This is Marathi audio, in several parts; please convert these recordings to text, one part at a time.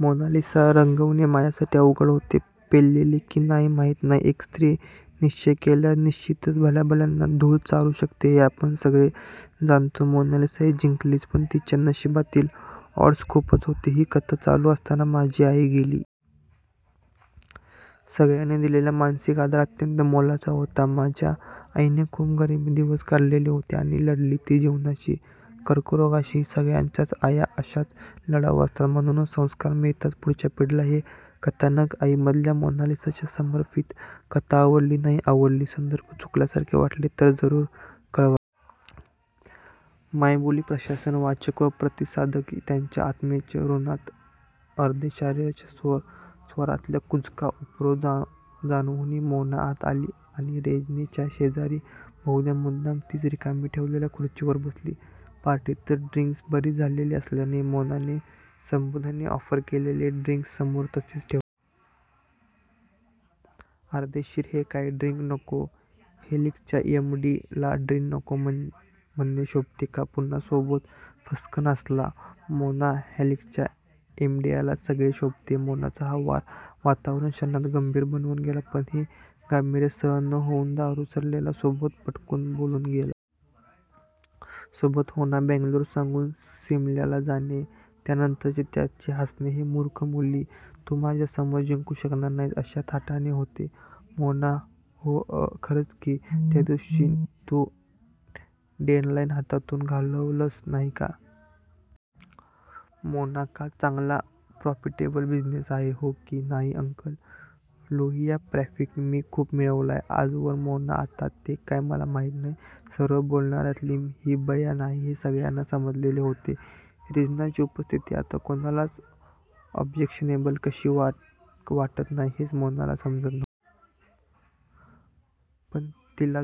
मोनालिसा रंगवणे माझ्यासाठी अवघड होते. पेलले की नाही माहीत नाही. एक स्त्री निश्चय केल्यास निश्चीतच भल्याभल्यांना धूळ चारू शकते हे आपण सगळे जाणतोच! मोनालिसाही जिंकलीच, पण तिच्या नशीबातील 'ऑड्स' खूपच होते.. ही कथा चालू असतानाच माझी आई गेली. सगळ्यांनी दिलेला मानसिक आधार अत्यंत मोलाचा होता. माझ्या आईने खूप गरीबीत दिवस काढलेले होते. आणि लढली ती जीवनाशी. कर्करोगाशीही! सगळ्यांच्याच आया अशाच लढाऊ असतात. म्हणूनच संस्कार मिळतात पुढच्या पिढीला, हे कथानक आईमधल्या मोनालिसाला समर्पीत, कथा आवडली, नाही आवडली, संदर्भ चुकल्यासारखे वाटले तर जरूर कळवावेत! मायबोली प्रशासन, वाचक व प्रतिसादक यांच्या आत्मीयतेच्या ऋणात. अर्देशीरांच्या स्वरातला कुजका उपरोध जाणवूनही मोना आत आली आणि रेजिनाच्या शेजारी 'बहुधा मुद्दाम तीच रिकामी ठेवलेल्या' खुर्चीवर बसली. पार्टीतच ड्रिन्क्स बरीच झालेली असल्याने मोनाने सुबोधने ऑफर केलेले ड्रिन्क समोर तसेच ठेवले. अर्देशीर हे काय? ड्रिन्क नको?? हेलिक्सच्या एम डी ला ड्रिन्क नको म्हणणे शोभते का? पुन्हा सुबोध फस्सकन हासला. मोना हेलिक्सच्या एमडीलाच सगळे शोभते. मोनाचा हा वार वातावरण क्षणात गंभीर बनवून गेला. पण ते गांभीर्य सहन न होऊन दारू चढलेला सुबोध पटकन बोलून गेला. सुबोध हो ना, बँगलोर सांगून सिमल्याला जाणे... त्यानंतरचे त्याचे हासणे हे 'मूर्ख मुली, तू माझ्यासमोर जिंकू शकणार नाहीस' अशा थाटाचे होते. मोना ओह खरच की? त्याचदिवशी तू डॅनलाईन हातातून घालवलंस नाही का? मोना का? चांगला प्रॉफिटेबल बिझिनेस आहे. हो की नाही अंकल? लोहिया प्रॉफिट मी खूप मिळवलाय आजवर मोना आता ते काय मला माहीत नाही? सरळ बोलणार्यातली ही बया नाही हे सगळ्यांना समजलेले होते. रेजिनाची उपस्थिती आत्ता कुणालाच ऑब्जेक्शनेबल कशी काय वाटत नाही हेच मोनाला समजत नव्हते. पण तिला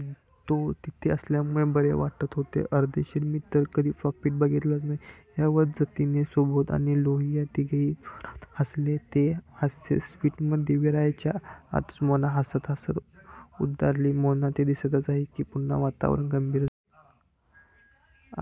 तो तिथे असल्यामुळे बरे वाटत होते. अर्देशीर मी तर कधी प्रॉफिट बघितलाच नाही. यावर जतीन, सुबोध आणि लोहिया तिघेही जोरात हासले. ते हास्य स्विटमध्ये विरायच्या आतच मोना हासत हासत उद्गारली. मोना ते दिसतंच आहे की, पुन्हा वातावरण गंभीर झाले.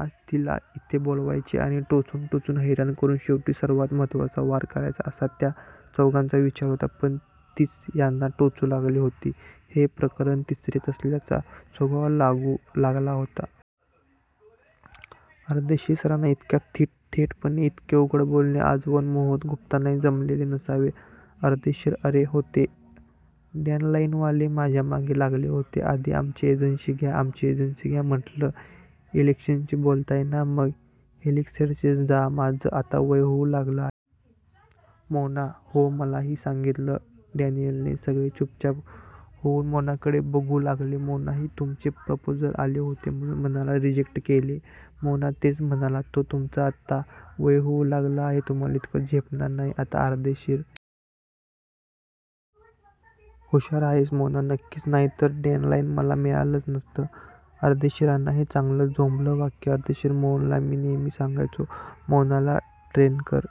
आज तिला इथे बोलवायचे आणि टोचून टोचून हैराण करून शेवटी सर्वात महत्वाचा वार करायचा असा त्या चौघांचा विचार होता. पण तीच यांना टोचू लागली होती. हे प्रकरण तिसरेच असल्याचा सुगावा लागू लागला होता. अर्देशीर सरांना इतक्या धीटपणे इतके उघड बोलणे आजवर मोहन गुप्तांनाही जमलेले नसावे. अर्देशीर अरे होते डॅनलाईनवाले माझ्यामागे लागले होते आधी आमची एजन्सी घ्या, आमची एजन्सी घ्या, म्हंटलं हेलिक्सशी बोलताय ना? मग हेलिक्सकडेच जा, माझं आता वय होऊ लागलं आहे. मोना हो, मलाही सांगीतलं डॅनीयलने, सगळे चुपचाप होऊन मोनाकडे बघू लागले. मोना की तुमचे प्रपोजल आले होते म्हणून म्हणाला रिजेक्ट केले. मोना तेच म्हणाला तो, तुमचं आता वय होऊ लागलं आहे. तुम्हाला इतकं झेपणार नाही आता, अर्देशीर हा हा हा हा! हुषार आहेस. मोना नक्कीच, नाहीतर डॅनलाईन मला मिळालंच नसतं. अर्देशीरांना हे चांगलंच झोंबलं वाक्य! अर्देशीर मोहनला मी नेहमी सांगायचो. मोनाला ट्रेन कर--